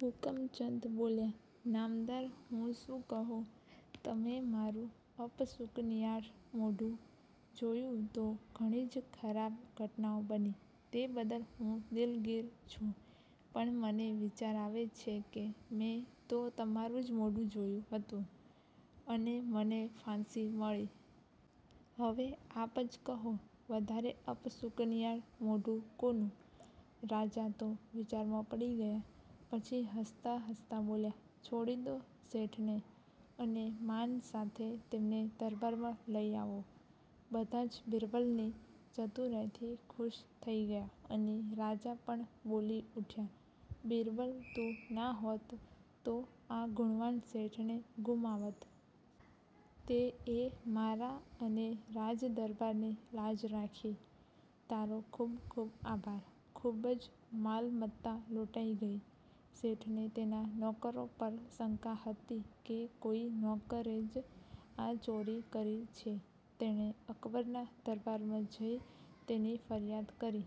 હુકમચંદ બોલ્યા: નામદાર, હું શું કહું? તમે મારું અપશુકનિયાળ મોઢું જોયું તો ઘણી જ ખરાબ ઘટનાઓ બની. તે બદલ હું દિલગીર છું. પણ મને વિચાર આવે છે કે મેં તો તમારૂં જ મોંઢું જોયું હતું અને મને ફાંસી મળી. હવે આપ જ કહો -વધારે અપશુકનિયાળ મોંઢું કોનું? રાજા તો વિચારમાં પડી ગયા. પછી હસતા હસતા બોલ્યા: છોડી દો શેઠને અને માન સાથે તેમને દરબારમાં લઈ આવો. બધા જ બિરબલની ચતુરાઈથી ખુશ થઈ ગયા અને રાજા પણ બોલી ઉઠ્યા: બિરબલ, તું નાહોત તો આ ગુણવાન શેઠને ગુમાવત. તેએ મારાં અને રાજ દરબારની લાજ રાખી. તારો ખૂબ ખૂબ આભાર. ખૂબ જ માલમત્તા લૂંટાઈ ગઈ. શેઠને તેના નોકરો પર શંકા હતી કે કોઈ નોકરે જ આ ચોરી કરી છે. તેણે અક્બરના દરબારમાં જઈ તેની ફરિયાદ કરી.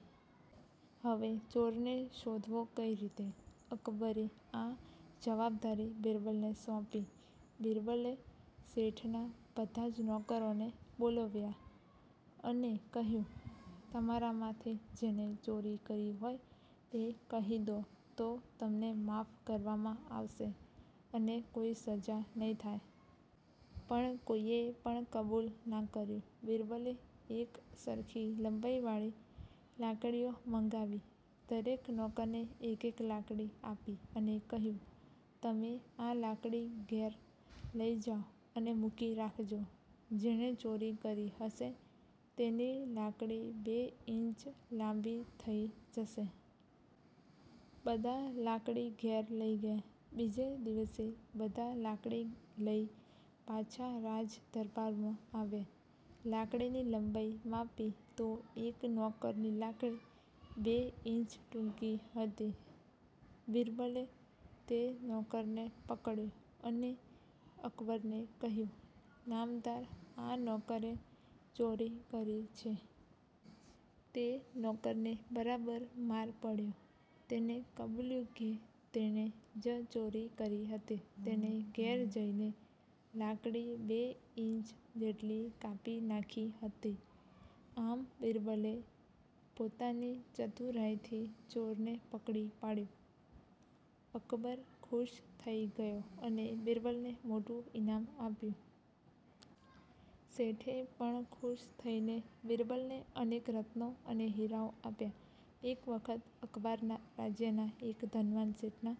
હવે ચોરને શોધવો કઈ રીતે? અકબરે આ જવાબદારી બિરબલને સોંપી. બિરબલે શેઠના બધા જ નોકરોને બોલવ્યા અને કહ્યું; તમારામાંથી જેણે ચોરી કરી હોય તે કહી દો તો તમને માફ કરવામાં આવશે અને કોઈ સજા નહીં થાય. પણ કોઈએ પણ કબૂલ ના કર્યું. બિરબલે એક સરખી લંબાઈવાળી લાકડીઓ મંગાવી દરેક નોકરને એક એક લાકડી આપી અને કહ્યું; તમે આ લાકડી ઘેર લઈ જાઓ અને મૂકી રાખજો. જેણે ચોરી કરી હશે તેની લાકડી બે ઈંચ લાંબી થઈ જશે. બધા લાકડી ઘેર લઈ ગયા. બીજે દિવસે બધા લાકડી લઈ પાછા રાજ દરબારમાં આવ્યા. લાકડીની લંબાઈ માપી તો એક નોકરની લાકડી બે ઈંચ ટૂંકી હતી. બિરબલે તે નોકરને પકડ્યો અને અકબરને કહ્યું; નામદાર, આ નોકરે ચોરી કરી છે. તે નોકરને બરાબર માર પડ્યો. તેણે કબૂલ્યું કે તેણે જ ચોરી કરી હતી. તેણે ઘેર જઈને લાકડી બે ઈંચ જેટલી કાપી નાંખી હતી.. આમ બિરબલે પોતાની ચતુરાઈથી ચોરને પકડી પાડ્યો. અકબર ખૂશ થઈ ગયો અને બિરબલને મોટું ઈનામ આપ્યું. શેઠે પણ ખૂશ થઈને બિરબલને અનેક રત્નો અને હીરાઓ આપ્યા. એક વખત અક્બરના રાજ્યના એક ધનવાન શેઠના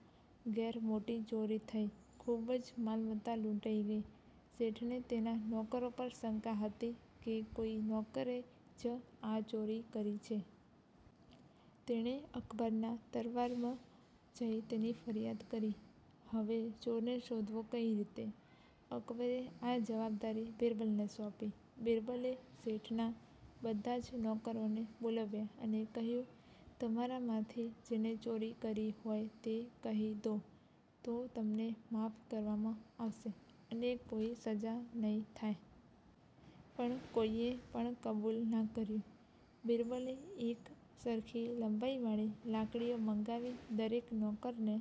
ઘેર મોટી ચોરી થઈ. ખૂબ જ માલમત્તા લૂંટાઈ ગઈ. શેઠને તેના નોકરો પર શંકા હતી કે કોઈ નોકરે જ આ ચોરી કરી છે. તેણે અક્બરના દરબારમાં જઈ તેની ફરિયાદ કરી. હવે ચોરને શોધવો કઈ રીતે? અકબરે આ જવાબદારી બિરબલને સોંપી. બિરબલે શેઠના બધા જ નોકરોને બોલવ્યા અને કહ્યું; તમારામાંથી જેણે ચોરી કરી હોય તે કહી દો તો તમને માફ કરવામાં આવશે અને કોઈ સજા નહીં થાય. પણ કોઈએ પણ કબૂલ ના કર્યું. બિરબલે એક સરખી લંબાઈવાળી લાકડીઓ મંગાવી દરેક નોકરને